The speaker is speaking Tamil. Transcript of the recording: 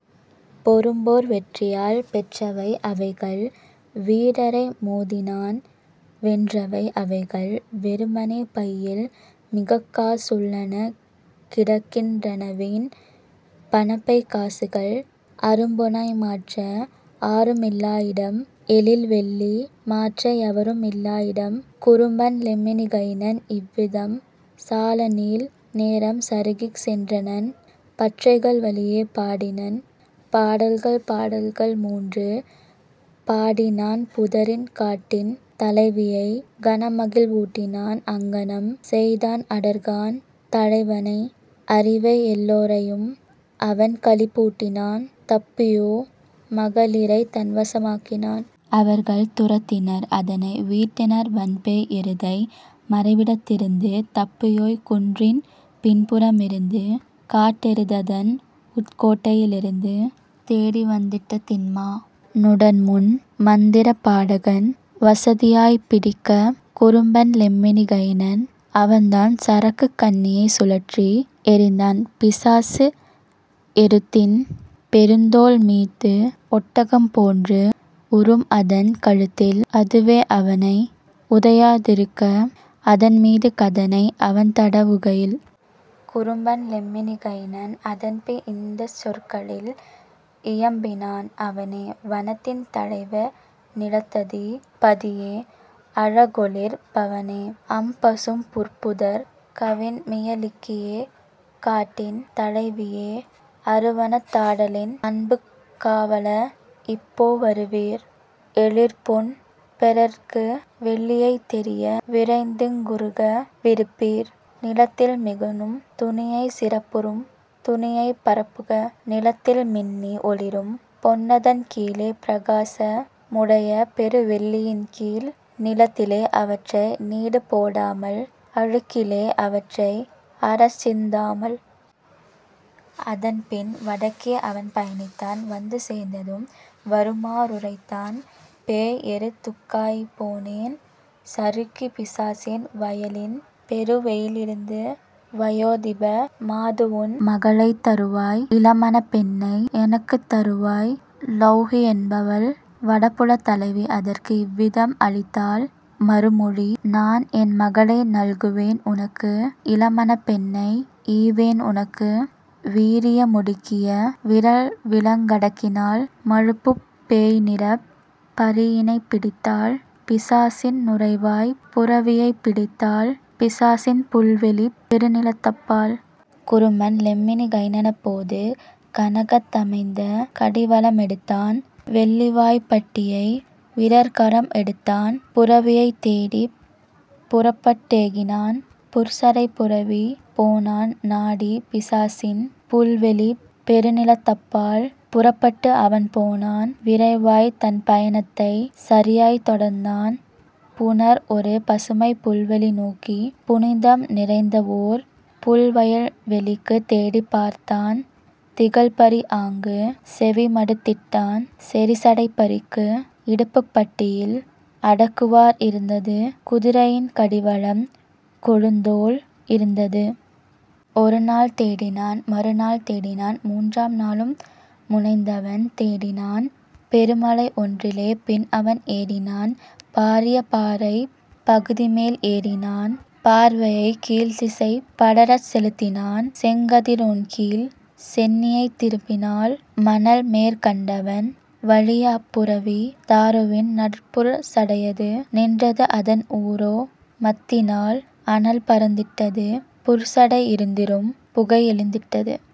பெரும்போர் வெற்றியால் பெற்றவை அவைகள் வீரரை மோதிநான் வென்றவை அவைகள்; வெறுமனே பையில் மிகக்கா சுள்ளன கிடக்கின் றனவீண் பணப்பைக் காசுகள் அரும்பொனாய் மாற்ற ஆருமில் லாஇடம் எழில்வெள்ளி மாற்ற எவருமில் லாவிடம். " குறும்பன் லெம்மின் கைனன் இவ்விதம் சாலநீள் நேரம் சறுக்கிச் சென்றனன் பற்றைகள் வழியே பாடினன் பாடல்கள் பாடல்கள் மூன்று பாடினான் புதரில் காட்டின் தலைவியை கனமகிழ் வூட்டினான் அங்ஙனம் செய்தான் அடர்கான் தலைவனை அரிவையெல் லோரையும் அவன்களிப் பூட்டினான் தப்பியோ மகளிரைத் தன்வச மாக்கினான். அவர்கள் துரத்தினர் அதனை விரட்டினர் வன்பேய் எருதை மறைவிடத் திருந்து தப்பியோ குன்றின் பின்புற மிருந்து காட்டெருத் ததன்உட் கோட்டையி லிருந்து தேடிவந் திட்ட திண்மா னுடன்முன் மந்திரப் பாடகன் வசதியாய்ப் பிடிக்க. குறும்பன் லெம்மின் கைனன் அவன்தான் சருக்குக் கண்ணியைச் சுழற்றி எறிந்தான் பிசாச எருத்தின் பெருந்தோள் மீது ஒட்டகம் போன்று உறும்அதன் கழுத்தில் அதுவே அவனை உதையா திருக்க அதன்முது கதனை அவன்தட வுகையில். குறும்பன் லெம்மின் கைனன் அதன்பின் இந்தச் சொற்களில் இயம்பினான் அவனே: "வனத்தின் தலைவ, நிலத்ததி பதியே! அழகொளிர் பவனே அம்பசும் புற்புதர்! கவின்மிய லிக்கியே, காட்டின் தலைவியே! அருவனத் தாடலின் அன்புக் காவல! இப்போ வருவீர், எழிற்பொன் பெறற்கு! வெள்ளியைத் தெரிய விரைந்திங் குறுக விரிப்பீர் நிலத்தில் மிகநும் துணியை சிறப்புறும் துணியைப் பரப்புக நிலத்தில் மின்னி ஒளிரும் பொன்னதன் கீழே பிரகாச முடைய பெருவெள் ளியின்கீழ் நிலத்திலே அவற்றை நீடுபோ டாமல் அழுக்கிலே அவற்றை அறச் சிந்தாமல். " அதன்பின் வடக்கே அவன்பய ணித்தான் வந்து சேர்ந்ததும் வருமா றுரைத்தான்: "பேய்எரு துக்காய்ப் போனேன் சறுக்கி பிசாசின் வயலின் பெருவெளி யிருந்து வயோதிப மாதுஉன் மகளைத் தருவாய் இளம்மணப் பெண்ணை எனக்குத் தருவாய்! " லொவ்ஹி என்பவள் வடபுலத் தலைவி அதற்கு இவ்விதம் அளித்தாள் மறுமொழி: "நான்என் மகளை நல்குவேன் உனக்கு இளம்மணப் பெண்ணை ஈவேன் உனக்கு வீரிய மொடுக்கிய விறல்விலங் கடக்கினால் பழுப்புப் பேய்நிறப் பரியினைப் பிடித்தால் பிசாசின் நுரைவாய்ப் புரவியைப் பிடித்தால் பிசாசின் புல்வெளிப் பெருநிலத் தப்பால். " குறும்பன் லெம்மின் கைனனப் போது கனகத் தமைந்த கடிவள மெடுத்தான் வெள்ளிவாய்ப் பட்டியை விறற்கரம் எடுத்தான் புரவியைத் தேடிப் புறப்பட் டேகினான் புற்சடைப் புரவி போனான் நாடி பிசாசின் புல்வெளிப் பெருநிலத் தப்பால். புறப்பட் டுஅவன் போனான் விரைவாய் தன்பய ணத்தைச் சரியாய்த் தொடர்ந்தான் புணர்ஒரு பசுமைப் புல்வெளி நோக்கி புனிதம் நிறைந்தவோர் புல்வயல் வெளிக்கு தேடிப் பார்த்தான் திகழ்பரி ஆங்கு செவிமடுத் திட்டான் செறிசடைப் பரிக்கு இடுப்புப் பட்டியில் அடக்குவார் இருந்தது குதிரையின் கடிவளம் கொழுந்தோள் இருந்தது. ஒருநாள் தேடினான் மறுநாள் தேடினான் மூன்றாம் நாளும் முனைந்தவன் தேடினான் பெருமலை ஒன்றிலே பின்அவன் ஏறினான் பாரிய பாறைப் பகுதிமேல் ஏறினான் பார்வையைக் கீழ்த்திசை படரச் செலுத்தினான் செங்கதி ரோன்கீழ் சென்னியைத் திருப்பினான் மணல்மேற் கண்டவன் வலியஅப் புரவி தாருவின் நடுபுற் சடையது நின்றது அதன்உரோ மத்தினால் அனல்பறந் திட்டது புற்சடை யிருந்திரும் புகைஎழுந் திட்டது.